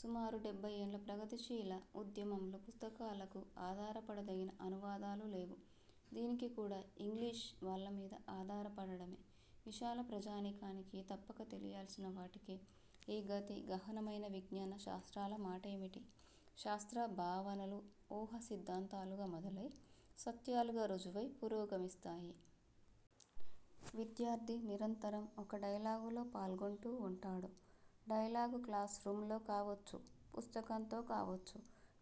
సుమారు డెభ్భై ఏండ్ల ప్రగతిశీల ఉద్యమంలో పుస్తకాలకు ఆధారపడదగిన అనువాదాలు లేవు. దీనికి కూడా 'ఇంగ్లీష్ ' వాళ్ళ మీద ఆధారపడడమే. విశాల ప్రజానికానికి తప్పక తెలియాల్సిన వాటికే ఈ గతి గహనమైన విజ్ఞాన శాస్త్రాల మాటేమిటి? శాస్త్ర 'భావన'లు ఊహా సిద్ధాంతాలుగా మొదలై, సత్యాలుగా రుజువై పురోగమిస్తాయి. విద్యార్థి నిరంతరం ఒక డైలాగులో పాల్గొంటూ వుంటాడు. డైలాగు క్లాసు రూంలో కావొచ్చు, పుస్తకంతో కావొచ్చు.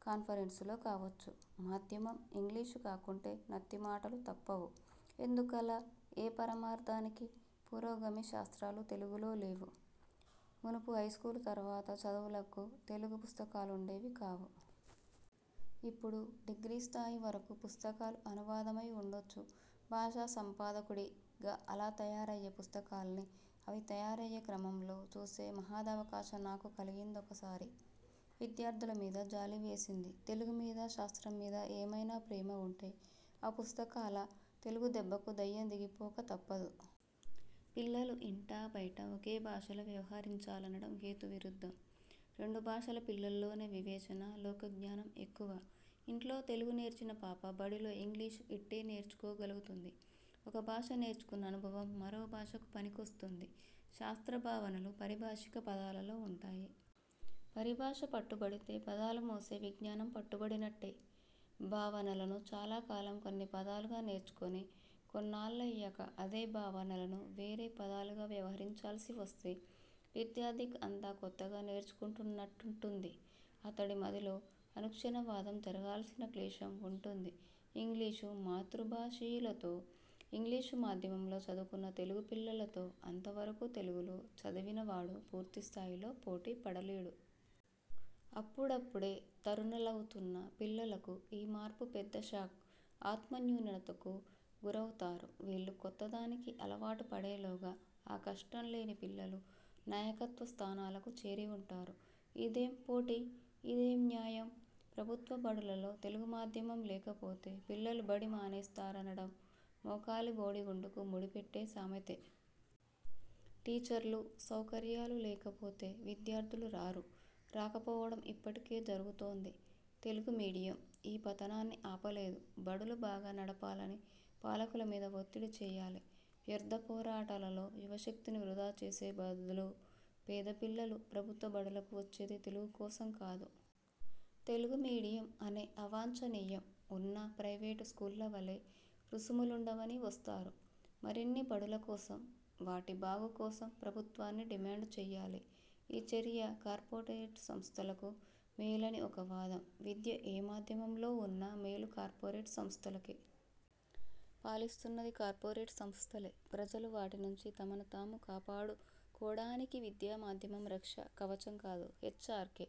కాన్ఫరెన్సులో కావొచ్చు. మాధ్యమం ఇంగ్లీషు కాకుంటే నత్తి మాటలు తప్పవు. ఎందుకలా? ఏ పరమార్థానికి? పురోగమి శాస్త్రాలు తెలుగులో లేవు. మునుపు హైస్కూలు తరువాత చదువులకు తెలుగు పుస్తకాలుండేవి కావు. ఇప్పుడు డిగ్రీ స్థాయి వరకు పుస్తకాలు అనువాదమయి వుండొచ్చు. 'భాషా సంపాదకుడి'గా అలా తయారయ్యే పుస్తకాల్ని, అవి తయారయ్యే క్రమంలో చూసే మహదవకాశం నాకు కలిగిందొకసారి. విద్యార్థుల మీద జాలి వేసింది. తెలుగు మీద, శాస్త్రం మీద ఏమైనా ప్రేమ వుంటే, ఆ పుస్తకాల తెలుగు దెబ్బకు దయ్యం దిగిపోక తప్పదు. పిల్లలు ఇంటా బయటా ఒకే భాషలో వ్యవహరించాలనడం హేతు విరుద్ధం. రెండు భాషల పిల్లల్లోనే వివేచన, లోకజ్ఞానం ఎక్కువ. ఇంట్లో తెలుగు నేర్చిన పాప బడిలో ఇంగ్లీషు ఇట్టే నేర్చుకోగలుగుతుంది. ఒక భాష నేర్చుకున్న అనుభవం మరో భాషకు పనికొస్తుంది. శాస్త్ర భావనలు పరిభాషిక పదాలలో వుంటాయి. పరిభాష పట్టుబడితే పదాలు మోసే విజ్ఞానం పట్టుబడినట్టే. భావనలను చాలా కాలం కొన్ని పదాలుగా నేర్చుకుని, కొన్నాళ్ళయ్యాక అదే భావనలను వేరే పదాలుగా వ్యవహరించాల్సి వస్తే విద్యార్థికి అంతా కొత్తగా నేర్చుకుంటున్నట్టుంటుంది. అతడి మదిలో అనుక్షణ అనువాదం జరగాల్సిన క్లేశం వుంటుంది. ఇంగ్లీషు-మాతృభాషీయులతో, ఇంగ్లీషు మాధ్యమంలో చదువుకున్న తెలుగు పిల్లలతో అంత వరకు తెలుగులో చదివినవాడు పూర్తి స్థాయిలో పోటీ పడలేడు. అప్పుడప్పుడే తరుణులవుతున్న పిల్లలకు ఈ మార్పు పెద్ద షాక్. ఆత్మన్యూనతకు గురవుతారు. వీళ్లు కొత్తదానికి అలవాటు పడేలోగా ఆ కష్టం లేని పిల్లలు నాయకత్వ స్థానాలకు చేరి వుంటారు. ఇదేం పోటీ? ఇదేం న్యాయం? ప్రభుత్వ బడులలో తెలుగు మాధ్యమం లేకపోతే పిల్లలు బడి మానేస్తారనడం మోకాలికి బోడిగుండుకు ముడి పెట్టే సామెతే. టీచర్లు, సౌకర్యాలు లేకపోతే విద్యార్థులు రారు. రాకపోవడం ఇప్పటికే జరుగుతోంది. 'తెలుగు మీడియం' ఈ పతనాన్ని ఆపలేదు. బడులు బాగా నడపాలని పాలకుల మీద ఒత్తిడి చేయాలి, వ్యర్థ పోరాటాలలో యువశక్తిని వృథా చేసే బదులు. పేద పిల్లలు ప్రభుత్వ బడులకు వచ్చేది తెలుగు కోసం కాదు. తెలుగు మీడియం అనే 'అవాంఛనీయం' వున్నా ప్రైవేటు స్కూళ్ల వలె రుసుములుండవని వస్తారు. మరిన్ని బడుల కోసం, వాటి బాగు కోసం ప్రభుత్వాన్ని డిమాండు చేయాలి. ఈ చర్య కార్పొరేట్ సంస్థలకు మేలని ఒక వాదం. విద్య ఏ మాధ్యమంలో వున్నా మేలు కార్పొరేట్ సంస్థలకే. పాలిస్తున్నది కార్పొరేట్ సంస్థలే. ప్రజలు వాటి నుంచి తమను తాము కాపాడుకోడానికి విద్యా మాధ్యమం రక్షా కవచం కాదు. హెచ్చార్కె